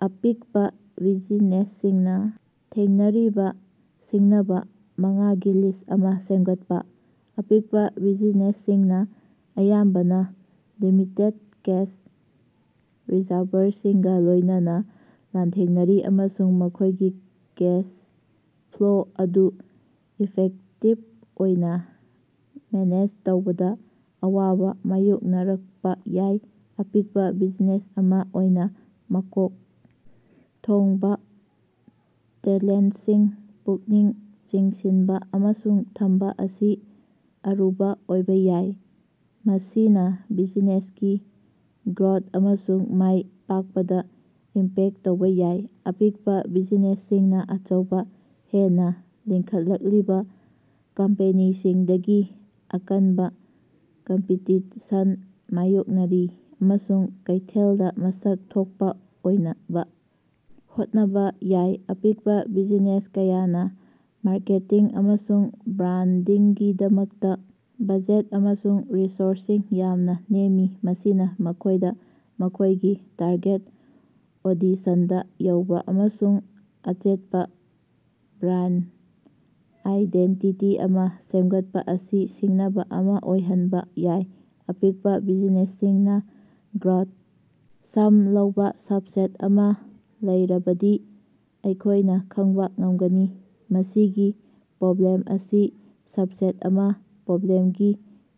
ꯑꯄꯤꯛꯄꯥ ꯕꯤꯖꯤꯅꯦꯁꯁꯤꯡꯅꯥ ꯊꯦꯡꯅꯔꯤꯕꯥ ꯁꯤꯡꯅꯕꯥ ꯃꯉꯥꯒꯤ ꯂꯤꯁ꯭ꯠ ꯑꯃꯥ ꯁꯦꯝꯒꯠꯄꯥ꯫ ꯑꯄꯤꯛꯄꯥ ꯕꯤꯖꯤꯅꯦꯁꯁꯤꯡꯅꯥ ꯑꯌꯥꯝꯕꯅꯥ ꯂꯤꯃꯤꯇꯦꯠ ꯀꯦꯁ ꯔꯤꯖꯔꯚꯔꯁꯤꯡꯒꯥ ꯂꯣꯏꯅꯅꯥ ꯂꯥꯟꯊꯦꯡꯅꯔꯤ ꯑꯃꯁꯨꯡ ꯃꯈꯣꯏꯒꯤ ꯀꯦꯁ ꯐ꯭ꯂꯣ ꯑꯗꯨ ꯏꯐꯦꯛꯇꯤꯚ ꯑꯣꯏꯅ ꯃꯦꯅꯦꯖ ꯇꯧꯕꯗꯥ ꯑꯋꯥꯕꯥ ꯃꯥꯌꯣꯛꯅꯔꯛꯄꯥ ꯌꯥꯏ꯫ ꯑꯄꯤꯛꯄꯥ ꯕꯤꯖꯤꯅꯦꯁ ꯑꯃꯥ ꯑꯣꯏꯅ ꯃꯀꯣꯛ ꯊꯣꯡꯕꯥ ꯇꯦꯂꯦꯟꯇꯁꯤꯡ ꯄꯨꯛꯅꯤꯡ ꯆꯤꯡꯁꯤꯟꯕ ꯑꯃꯁꯨꯡ ꯊꯝꯕ ꯑꯁꯤ ꯑꯔꯨꯕ ꯑꯣꯏꯕ ꯌꯥꯏ꯫ ꯃꯁꯤꯅꯥ ꯕꯤꯖꯤꯅꯦꯁꯀꯤ ꯒ꯭ꯔꯣꯊ ꯑꯃꯁꯨꯡ ꯃꯥꯏ ꯄꯥꯛꯄꯗꯥ ꯏꯝꯄꯦꯛꯇ ꯇꯧꯕ ꯌꯥꯏ꯫ ꯑꯄꯤꯛꯄꯥ ꯕꯤꯖꯤꯅꯦꯁꯁꯤꯡꯅꯥ ꯑꯆꯧꯕ, ꯍꯦꯟꯅꯥ ꯂꯤꯡꯈꯠꯂꯛꯂꯤꯕ ꯀꯝꯄꯦꯅꯤꯁꯤꯡꯗꯒꯤ ꯑꯀꯟꯕ ꯀꯝꯄꯤꯇꯤꯁꯟ ꯃꯥꯌꯣꯛꯅꯔꯤ, ꯑꯃꯁꯨꯡ ꯀꯩꯊꯦꯜꯗꯥ ꯃꯁꯛ ꯊꯣꯛꯄꯥ ꯑꯣꯏꯅꯕ ꯍꯣꯠꯅꯕ ꯌꯥꯏ꯫ ꯑꯄꯤꯛꯄꯥ ꯕꯤꯖꯤꯅꯦꯁ ꯀꯌꯥꯅꯥ ꯃꯥꯔꯀꯦꯇꯤꯡ ꯑꯃꯁꯨꯡ ꯕ꯭ꯔꯥꯟꯗꯤꯡꯒꯤꯗꯃꯛꯇꯥ ꯕꯖꯦꯠ ꯑꯃꯁꯨꯡ ꯔꯤꯁꯣꯔꯁꯁꯤꯡ ꯌꯥꯝꯅ ꯅꯦꯝꯃꯤ, ꯃꯁꯤꯅꯥ ꯃꯈꯣꯏꯗꯥ ꯃꯈꯣꯏꯒꯤ ꯇꯥꯔꯒꯦꯠ ꯑꯣꯗꯤꯁꯟꯗꯥ ꯌꯧꯕ ꯑꯃꯁꯨꯡ ꯑꯆꯦꯠꯄꯥ ꯕ꯭ꯔꯥꯟꯗ ꯑꯥꯏꯗꯦꯟꯇꯤꯇꯤ ꯑꯃꯥ ꯁꯦꯝꯒꯠꯄꯥ ꯑꯁꯤ ꯁꯤꯡꯅꯕ ꯑꯃꯥ ꯑꯣꯏꯍꯟꯕ ꯌꯥꯏ꯫ ꯑꯄꯤꯛꯄꯥ ꯕꯤꯖꯤꯅꯦꯁꯁꯤꯡꯅꯥ ꯒ꯭ꯔꯣꯊ ꯁꯝ ꯂꯩꯕ ꯁꯕꯁꯦꯠ ꯑꯃꯥ ꯂꯩꯔꯕꯗꯤ ꯑꯩꯈꯣꯏꯅ ꯈꯪꯕ ꯉꯝꯒꯅꯤ꯫ ꯃꯁꯤꯒꯤ ꯄ꯭ꯔꯣꯕ꯭ꯂꯦꯝ ꯑꯁꯤ ꯁꯕꯁꯦꯠ ꯑꯃꯥ ꯄ꯭ꯔꯣꯕ꯭ꯂꯦꯝꯒꯤ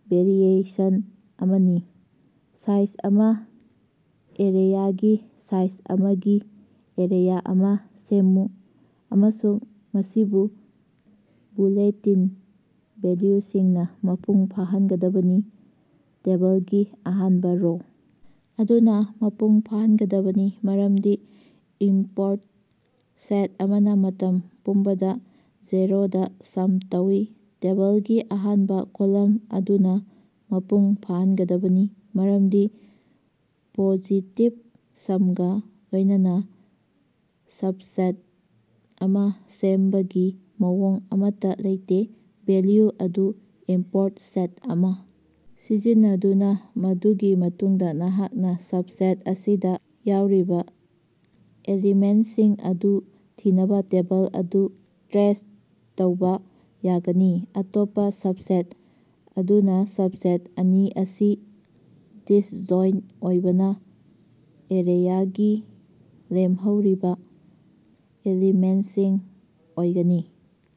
ꯚꯦꯔꯤꯑꯦꯁꯟ ꯑꯃꯅꯤ꯫ ꯁꯥꯏꯖ ꯑꯃꯥ ꯑꯦꯔꯦꯌꯥꯒꯤ ꯁꯥꯏꯖ ꯑꯃꯥꯒꯤ ꯑꯦꯔꯦꯌꯥ ꯑꯃꯥ ꯁꯦꯝꯃꯨ ꯑꯃꯁꯨꯡ ꯃꯁꯤꯕꯨ ꯕꯨꯂꯦꯇꯤꯟ ꯚꯦꯜꯌꯨꯁꯤꯡꯅꯥ ꯃꯄꯨꯡ ꯐꯥꯍꯟꯒꯗꯕꯅꯤ꯫ ꯇꯦꯕꯂꯒꯤ ꯑꯍꯥꯟꯕ ꯔꯣ ꯑꯗꯨꯅꯥ ꯃꯄꯨꯡ ꯐꯥꯍꯟꯒꯗꯕꯅꯤ, ꯃꯔꯝꯗꯤ ꯏꯝꯄꯣꯔꯠ ꯁꯦꯠ ꯑꯃꯅꯥ ꯃꯇꯝ ꯄꯨꯝꯕꯗꯥ ꯖꯦꯔꯣꯗꯥ ꯁꯝ ꯇꯧꯏ꯫ ꯇꯦꯕꯂꯒꯤ ꯑꯍꯥꯅꯕꯥ ꯀꯣꯂꯝ ꯑꯗꯨꯅꯥ ꯃꯄꯨꯡ ꯐꯥꯍꯟꯒꯗꯕꯅꯤ, ꯃꯔꯝꯗꯤ ꯄꯣꯖꯤꯇꯤꯚ ꯁꯝꯒꯥ ꯂꯣꯏꯅꯅꯥ ꯁꯕꯁꯦꯠ ꯑꯃꯥ ꯁꯦꯝꯕꯒꯤ ꯃꯑꯣꯡ ꯑꯃꯠꯇꯥ ꯂꯩꯇꯦ꯫ ꯚꯦꯜꯌꯨ ꯑꯗꯨ ꯏꯝꯄꯣꯔꯠ ꯁꯦꯠ ꯑꯃꯥ ꯁꯤꯖꯤꯟꯅꯗꯨꯅꯥ ꯃꯗꯨꯒꯤ ꯃꯇꯨꯡꯗꯥ ꯅꯍꯥꯛꯅꯥ ꯁꯕꯁꯦꯠ ꯑꯁꯤꯗꯥ ꯌꯥꯎꯔꯤꯕꯥ ꯑꯦꯂꯤꯃꯦꯟꯇꯁꯤꯡ ꯑꯗꯨ ꯊꯤꯅꯕꯥ ꯇꯦꯕꯜ ꯑꯗꯨ ꯇ꯭ꯔꯦꯁ ꯇꯧꯕ ꯌꯥꯒꯅꯤ꯫ ꯑꯇꯣꯞꯄꯥ ꯁꯕꯁꯦꯠ ꯑꯗꯨꯅꯥ ꯁꯕꯁꯦꯠ ꯑꯅꯤ ꯑꯁꯤ ꯗꯤꯁꯖꯣꯏꯟꯇ ꯑꯣꯏꯕꯅ ꯑꯦꯔꯦꯌꯥꯒꯤ ꯂꯦꯝꯍꯧꯔꯤꯕ ꯑꯦꯂꯤꯃꯦꯟꯠꯁꯤꯡ ꯑꯣꯏꯒꯅꯤ꯫